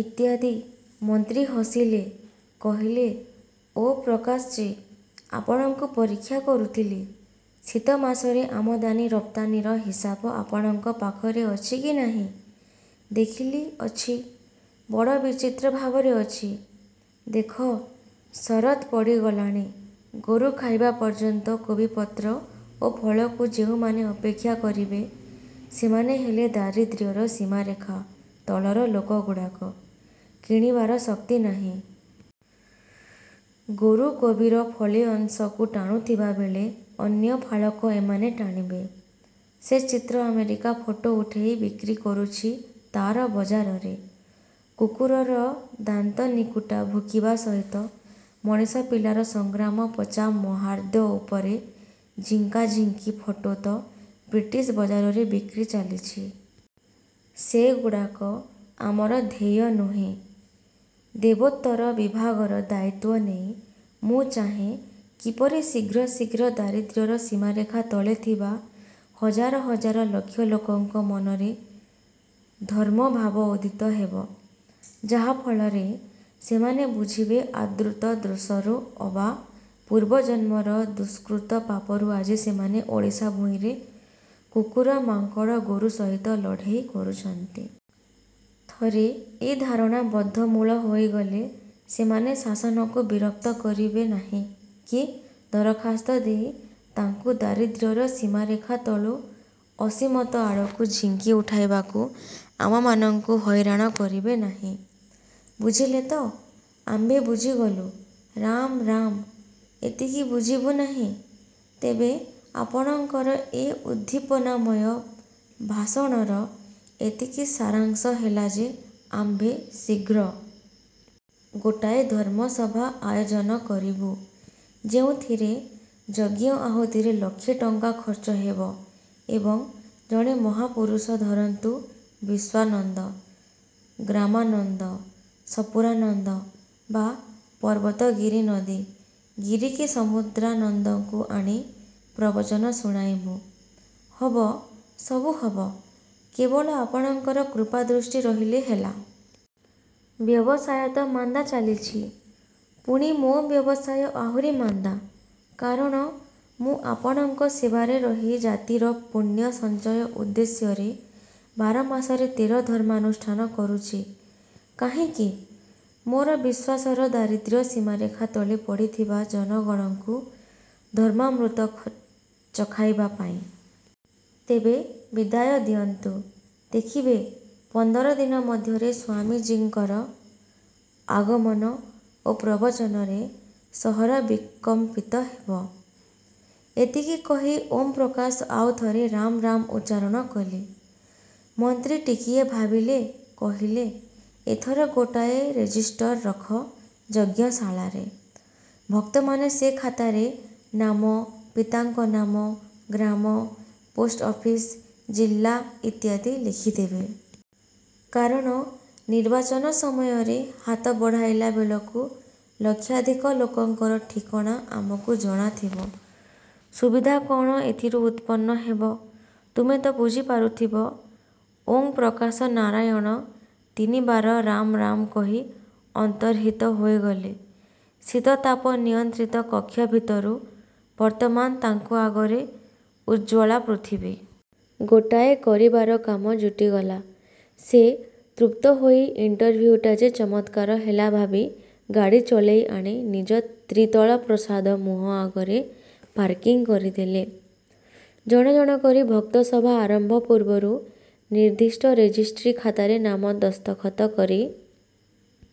ଇତ୍ୟାଦି ମନ୍ତ୍ରୀ ହସିଲେ-କହିଲେ ଓ ପ୍ରକାଶଜୀ ଆପଣଙ୍କୁ ପରୀକ୍ଷା କରୁଥିଲି.. - ଶୀତ ମାସରେ ଆମଦାନୀ ରପ୍ତାନୀର ହିସାବ ଆପଣଙ୍କ ପାଖରେ ଅଛି କି ନାହିଁ। ଦେଖିଲି, ଅଛି। ବଡ଼ ବିଚିତ୍ର ଭାବରେ ଅଛି। ଦେଖ ଶରତ୍ ପଡ଼ିଗଲାଣି, ଗୋରୁ ଖାଇବା ପର୍ଯ୍ୟନ୍ତ କୋବିପତ୍ର ଓ ଫଳକୁ ଯେଉଁମାନେ ଅପେକ୍ଷା କରିବେ, ସେମାନେ ହେଲେ ଦାରିଦ୍ର୍ୟର ସୀମାରେଖା ତଳର ଲୋକଗୁଡ଼ାକ, କିଣିବାର ଶକ୍ତି ନାହିଁ। ଗୋରୁ କୋବିର ଫଳେ ଅଂଶକୁ ଟାଣୁଥିବାବେଳେ ଅନ୍ୟ ଫାଳକ ଏମାନେ ଟାଣିବେ। ସେ ଚିତ୍ର ଆମେରିକା ଫଟୋ ଉଠାଇ ବିକ୍ରି କରୁଛି ତାଙ୍କ ବଜାରରେ। କୁକୁରର ଦାନ୍ତନିକୁଟା ଭୁକିବା ସହିତ ମଣିଷ ପିଲାର ସଂଗ୍ରାମ ପଚା ମହାର୍ଦ ଉପରେ ଝିଙ୍କାଝିଙ୍କି ଫଟୋ ତ ବ୍ରିଟିଶ ବଜାରରେ ବିକ୍ରି ଚାଲିଛି। ସେଗୁଡ଼ାକ ଆମର ଧ୍ୟେୟ ନୁହେଁ। ଦେବୋତ୍ତର ବିଭାଗର ଦାୟିତ୍ଵ ନେଇ ମୁଁ ଚାହେଁ କିପରି ଶୀଘ୍ର ଶୀଘ୍ର ଦାରିଦ୍ର୍ୟର ସୀମାରେଖା ତଳେ ଥିବା ହଜାର ହଜାର ଲକ୍ଷ ଲକ୍ଷ ଲୋକଙ୍କ ମନରେ ଧାର୍ମଭାବ ଉଦିତ ହେବ, ଯାହା ଫଳରେ ସେମାନେ ବୁଝିବେ ଅଦୃଷ୍ଟ ଦୋଷରୁ ଅବା ପୂର୍ବଜନ୍ମର ଦୁଷ୍କୃତ ପାପରୁ ଆଜି ସେମାନେ ଓଡ଼ିଶା ଭୂଇଁରେ କୁକୁର, ମାଙ୍କଡ଼, ଗୋରୁ ସହିତ ଲଢ଼େଇ କରୁଛନ୍ତି। ଥରେ ଏ ଧାରଣା ବଦ୍ଧମୂଳ ହୋଇଗଲେ, ସେମାନେ ଶାସନକୁ ବିରକ୍ତ କରିବେନାହିଁ କି ଦରଖାସ୍ତ ଦେଇ ତାଙ୍କୁ ଦାରିଦ୍ର୍ୟର ସୀମାରେଖା ତଳୁ ଅସୀମତ ଆଡ଼କୁ ଝିଙ୍କି ଉଠାଇବାକୁ ଆମମାନଙ୍କୁ ହଇରାଣ କରିବେନାହିଁ। ବୁଝିଲେ ତ? ଆମ୍ଭେ ବୁଝିଗଲୁ ରାମ୍ ରାମ୍ ଏତିକି ବୁଝିବୁନାହିଁ? ତେବେ ଆପଣଙ୍କର ଏ ଉଦ୍ଦୀପନାମୟ ଭାଷଣର ଏତିକି ସାରାଂଶ ହେଲା ଯେ ଆମ୍ଭେ ଶୀଘ୍ର। ଗୋଟାଏ ଧର୍ମସଭା ଆୟୋଜନ କରିବୁ ଯେଉଁଥିରେ ଯଜ୍ଞ ଆହୁତିରେ ଲକ୍ଷେ ଟଙ୍କା ଖର୍ଚ୍ଚ ହେବ ଏବଂ ଜଣେ ମହାପୁରୁଷ ଧରନ୍ତୁ ବିଶ୍ଵାନନ୍ଦ, ଗ୍ରାମାନନ୍ଦ, ସପୁରାନନ୍ଦ ବା ପର୍ବତ ଗିରି-ନଦୀ ଗିରି କି ସମୁଦ୍ରାନନ୍ଦଙ୍କୁ ଆଣି ପ୍ରବଚନ ଶୁଣାଇବୁ। ହବ, ସବୁ ହବ। କେବଳ ଆପଣଙ୍କର କୃପାଦୃଷ୍ଟି ରହିଲେ ହେଲା। ବ୍ୟବସାୟ ତ ମାନ୍ଦା ଚାଲିଛି, ପୁଣି ମୋ ବ୍ୟବସାୟ ଆହୁରି ମାନ୍ଦା। କାରଣ ମୁଁ ଆପଣମାନଙ୍କ ସେବାରେ ରହି ଜାତିର ପୁଣ୍ୟ ସଞ୍ଚୟ ଉଦ୍ଦେଶ୍ୟରେ ବାରମାସରେ ତେର ଧର୍ମାନୁଷ୍ଠାନ କରୁଛି। କାହିଁକି? ମୋର ବିଶ୍ଵାସର ଦାରିଦ୍ର୍ୟ ସୀମାରେଖା ତଳେ ପଡ଼ିଥିବା ଜନଗଣଙ୍କୁ ଧର୍ମାମୃତ ଚଖାଇବା ପାଇଁ। ତେବେ ବିଦାୟ ଦିଅନ୍ତୁ। ଦେଖିବେ ପନ୍ଦର ଦିନ ମଧ୍ୟରେ ସ୍ଵାମୀଜିଙ୍କର ଆଗମନ ଓ ପ୍ରବଚନରେ ସହର ବିକମ୍ପିତ ହେବ। ଏତିକି କହି ଓମ ପ୍ରକାଶ ଆଉ ଥରେ ରାମ୍ ରାମ୍ ଉଚ୍ଚାରଣ କଲେ। ମନ୍ତ୍ରୀ ଟିକିଏ ଭାବିଲେ-କହିଲେ-ଏଥର ଗୋଟାଏ ରେଜିଷ୍ଟର ରଖ ଯଜ୍ଞଶାଳାରେ। ଭକ୍ତମାନେ ସେ ଖାତାରେ ନାମ, ପିତାଙ୍କ ନାମ, ଗ୍ରାମ, ପୋଷ୍ଟ ଅଫିସ, ଜିଲ୍ଲା ଇତ୍ୟାଦି ଲେଖିଦେବେ। କାରଣ ନିର୍ବାଚନ ସମୟରେ ହାତ ବଢ଼ାଇଲାବେଳକୁ ଲକ୍ଷାଧିକ ଲୋକଙ୍କର ଠିକଣା ଆମକୁ ଜଣାଥିବ। ସୁବିଧା କଣ ଏଥିରୁ ଉତ୍ପନ୍ନ ହେବ, ତୁମେ ତ ବୁଝିପାରୁଥିବ-। ଓଁ ପ୍ରକାଶ ନାରାୟଣ ତିନିବାର ରାମ୍ ରାମ୍ କହି ଅନ୍ତର୍ହିତ ହୋଇଗଲେ ଶୀତତାପ ନିୟନ୍ତ୍ରିତ କକ୍ଷ ଭିତରୁ ବର୍ତ୍ତମାନ ତାଙ୍କ ଆଗରେ ଉଜ୍ଜ୍ଵଳା ପୃଥିବୀ। ଗୋଟାଏ କରିବାର କାମ ଜୁଟିଗଲା। ସେ ତୃପ୍ତହୋଇ ଇଣ୍ଟରଭିଉଟା ଯେ ଚମତ୍କାର ହେଲା, ଭାବି ଗାଡ଼ି ଚଳାଇ ଆଣି ନିଜ ତ୍ରିତଳ ପ୍ରସାଦ ମୁହଁ ଆଗରେ ପାର୍କିଂ କରିଥିଲେ। ଜଣ ଜଣ କରି ଭକ୍ତ ସଭା ଆରମ୍ଭ ପୂର୍ବରୁ ନିର୍ଦ୍ଦିଷ୍ଟ ରେଜିଷ୍ଟ୍ରି ଖାତାରେ ନାମ ଦସ୍ତଖତ କରି